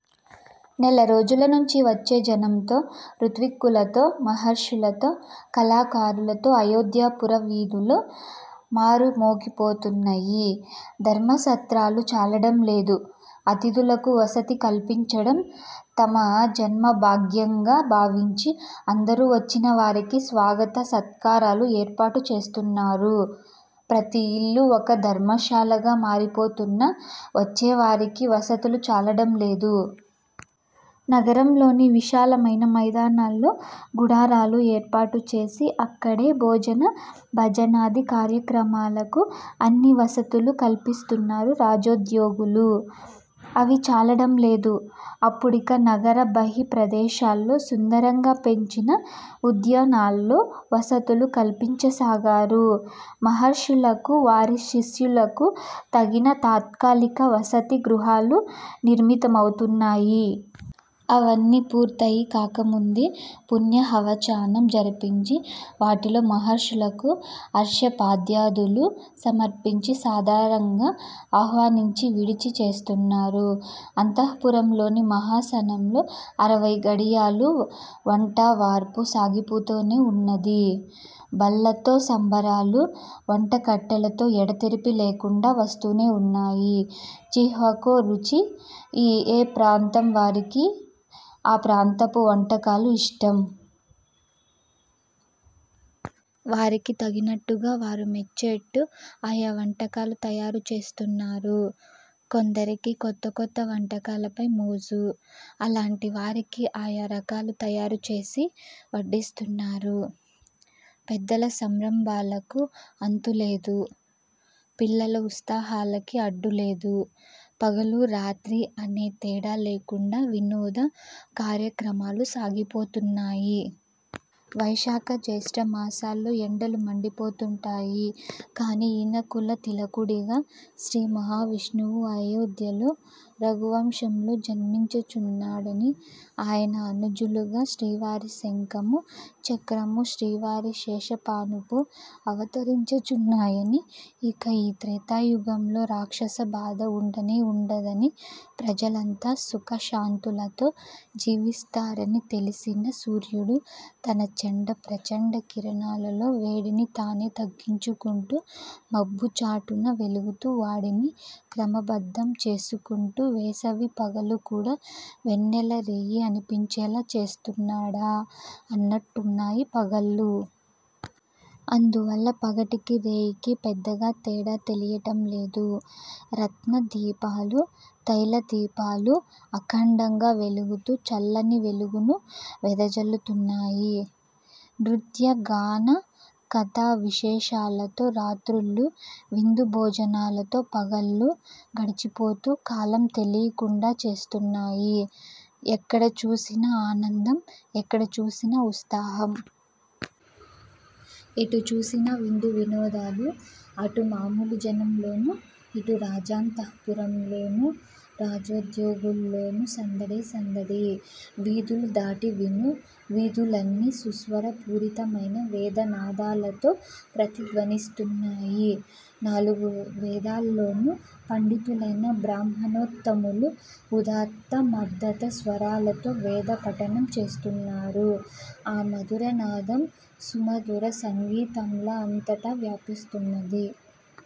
నెలరోజుల నుంచీ వచ్చే జనంతో, ఋత్విక్కులతో, మహర్షులతో, కళాకారులతో అయోధ్య పుర వీధులు మారుమోగిపోతున్నాయి. ధర్మసత్రాలు చాలడం లేదు. అతిథులకు వసతి కల్పించడం తమ జన్మ భాగ్యంగా భావించి అందరూ వచ్చినవారికి స్వాగత సత్కారాలు ఏర్పాటు చేస్తున్నారు. ప్రతి ఇల్లూ ఒక ధర్మశాలగా మారిపోతున్నా వచ్చేవారికి వసతులు చాలడం లేదు. నగరంలోని విశాలమైన మైదానాల్లో గుడారాలు ఏర్పాటుచేసి అక్కడే భోజన భాజనాది కార్యక్రమాలకు అన్ని వసతులూ కల్పిస్తున్నారు రాజోద్యోగులు. అవీ చాలడం లేదు. అప్పుడిక నగర బహి ప్రదేశాల్లో సుందరంగా పెంచిన ఉద్యానాల్లో వసతులు కల్పించసాగారు. మహర్షులకూ వారి శిష్యులకు తగిన తాత్కాలిక వసతి గృహాలు నిర్మితమవుతున్నాయి. అవన్నీ పూర్తయి కాకముందే పుణ్యాహవచనం జరిపించి వాటిలో మహర్షులకూ అర్ఘ్యపాద్యాదులూ సమర్పించి సాదరంగా ఆహ్వానించి విడిది చేస్తున్నారు. అంతఃపురంలోని మహాసనంలో అరవై ఘడియలూ వంటావార్పూ సాగిపోతూనే ఉన్నది. బళ్ళతో సంభారాలు. వంట కట్టెలతో ఎడతెరిపి లేకుండా వస్తూనే ఉన్నాయి. జిహ్వకో రుచి. ఏ ప్రాంతం వారికి ఆ ప్రాంతపు వంటకాలు ఇష్టం. వారికి తగినట్టుగా వారు మెచ్చేట్టు ఆయా వంటకాలు తయారు చేస్తున్నారు. కొందరికి కొత్త కొత్త వంటకాలపై మోజు. అలాంటి వారికి ఆయా రకాలు తయారుచేసి వడ్డిస్తున్నారు. పెద్దల సంరంభాలకు అంతు లేదు. పిల్లల ఉత్సాహాలకి అడ్డు లేదు. పగలూ రాత్రీ అనే తేడా లేకుండా వినోద కార్యక్రమాలు సాగిపోతున్నాయి. వైశాఖ జ్యేష్ట మాసాల్లో ఎండలు మండిపోతుంటాయి. కానీ ఇనకుల తిలకుడిగా శ్రీమహావిష్ణువు అయోధ్యలో రఘువంశంలో జన్మించూచూన్నాడనీ, ఆయన అనుజులుగా శ్రీవారి శంఖం, చక్రం, శ్రీవారి శేషపానుపూ అవతరించనున్నాయనీ, ఇక ఈ త్రేతాయుగంలో రాక్షస బాధ ఉండనే ఉండదనీ, ప్రజలంతా సుఖ శాంతులతో జీవిస్తారనీ తెలిసిన సూర్యుడు తన చండ ప్రచండ కిరణాలలో వేడిని తానే తగ్గించుకుంటూ, మబ్బు చాటున వెలుగుతూ వాడిని క్రమబద్ధం చేసుకుంటూ వేసవి పగలు కూడా వెన్నెల రేయి అనిపించేలా చేస్తున్నాడా అన్నట్టున్నాయి పగళ్ళు. అందువల్ల పగటికీ రేయికీ పెద్దగా తేడా తెలియటం లేదు. రత్న దీపాలు, తైల దీపాలూ అఖండంగా వెలుగుతూ చల్లని వెలుగును వెదజల్లుతున్నాయి. నృత్య, గాన, కథా విశేషాలతో రాత్రుళ్ళు, విందు భోజనాలతో పగళ్ళూ, గడిచిపోతూ కాలం తెలీకుండా చేస్తున్నాయి. ఎక్కడ చూసినా ఆనందం. ఎక్కడ చూసినా ఉస్తాహం ఎటు చూసినా విందు వినోదాలు. అటు మామూలు జనంలోనూ, ఇటు రాజాంతఃపురంలోనూ రాజ్యోద్యోగులలోనూ సందడే సందడి. వీధులు దాటి విను వీధులన్నీ సుస్వర పూరితమై, వేదనాదాలతో ప్రతిధ్వనిస్తున్నాయి. నాలుగు వేదాల్లోనూ పండితులైన బ్రాహ్మణోత్తములు ఉదాత్త మదాత్త స్వరాలతో వేద పఠనం చేస్తున్నారు. ఆ మధుర నాదం సుమధుర సంగీతంలా అంతటా వ్యాపిస్తున్నది.